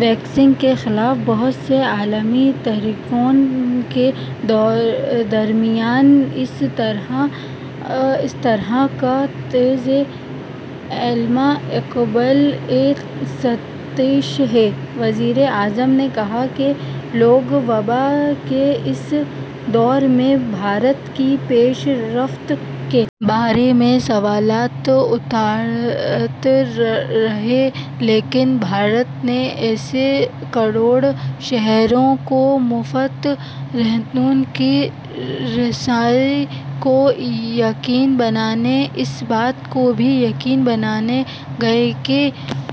vaccine کے خلاف بہت سی عالمی تحریکوں کے درمیان اس طرح کا طرز عمل قابل ستائش ہے وزیر اعظم نے کہا کہ لوگ وبا کے اس دور میں بھارت کی پیش رفت کے بارے میں سوالات اٹھاتے رہے لیکن بھارت نے اسی کروڑ شہریوں کو مفت راشن کی رسائی کو یقینی بنایا اس بات کو بھی یقینی بنایا گیا کہ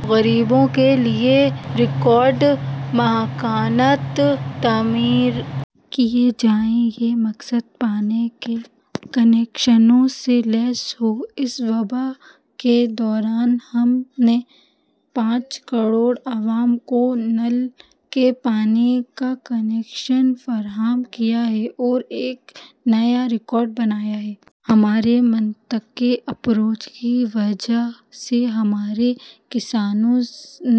غریبوں کے لیے ریکارڈ مکانات تعمیر کیے جائیں یہ مکانات پانی کے کنکشنوں سے لیس ہوں اس وبا کے دوران ہم نے پانچ کروڑ عوام کو نل کے پانی کے کنکشن فراہم کیے اور ایک نیا ریکارڈ بنایا ہے ہماری منطقی اپروچ کی وجہ سے ہمارے کسانوں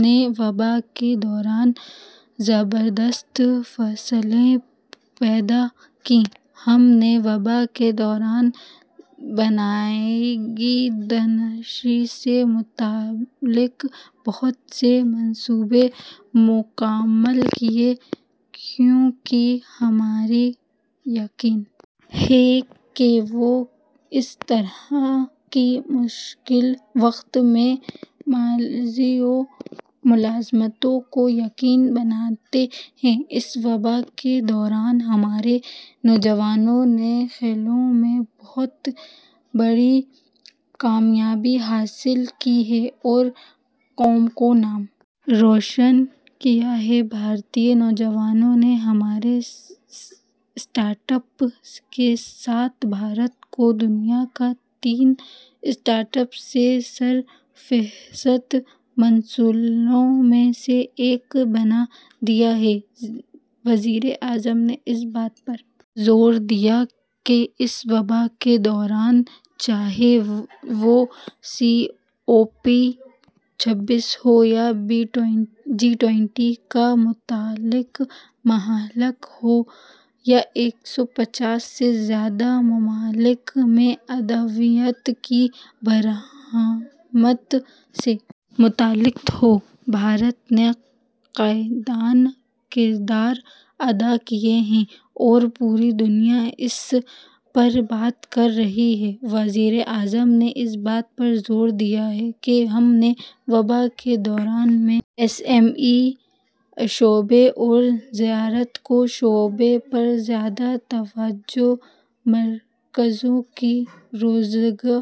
نے وبا کے دوران زبردست فصلیں پیدا کیں ہم نے وبا کے دوران بنیادی ڈھانچے سے متعلق بہت سے منصوبے مکمل کیے کیونکہ ہمیں یقین ہے کہ وہ اس طرح کے مشکل وقت میں ملازمتوں کو یقینی بناتے ہیں اس وبا کے دوران ہمارے نوجوانوں نے کھیلوں میں بہت بڑی کامیابیاں حاصل کی ہیں اور قوم کا نام روشن کیا ہے بھارتی نوجوانوں نے اپنے اسٹارٹ اپس کے ساتھ بھارت کو دنیا کے تین اسٹارٹ اپس کی سرفہرست منزلوں میں سے ایک بنا دیا ہے وزیر اعظم نے اس بات پر زور دیا کہ اس وبا کے دوران چاہے وہ سی او پی چھبیس ہو یا جی بیس سے متعلق معاملہ ہو یا ایک سو پچاس سے زائد ممالک میں ادویات کی برآمد سے متعلق ہو بھارت نے قائدانہ کردار ادا کیا ہے اور پوری دنیا اس پر بات کر رہی ہے وزیر اعظم نے اس بات پر زور دیا کہ ہم نے وبا کے دوران ایم ایس ایم ای شعبے اور زراعت کے شعبے پر زیادہ توجہ مرکوز کی روزگار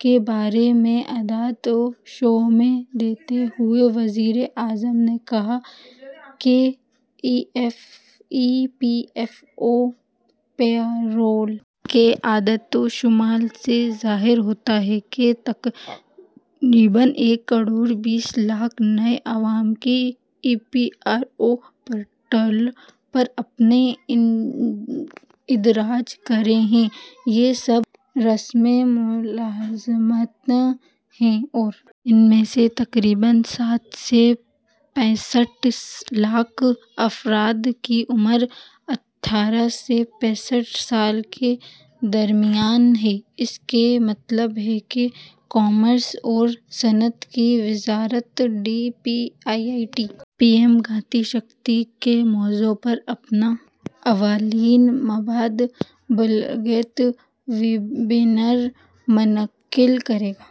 کے بارے میں اعداد و شمار دیتے ہوئے وزیر اعظم نے کہا کہ E P F O payroll کے اعداد و شمار سے ظاہر ہوتا ہے کہ تقریباً ایک کروڑ بیس لاکھ نئے عوام نے E P F O portal پر اپنا اندراج کرایا ہے یہ سب رسمی ملازمتیں ہیں اور ان میں سے تقریباً ساٹھ سے پینسٹھ لاکھ افراد کی عمر اٹھارہ سے پچیس سال کے درمیان ہے اس کا مطلب ہے کہ کامرس اور صنعت کی وزارت D P I I T P M Gati Shakti کے موضوع پر اپنا اولین مابعد بجٹ ویبینار منعقد کرے گا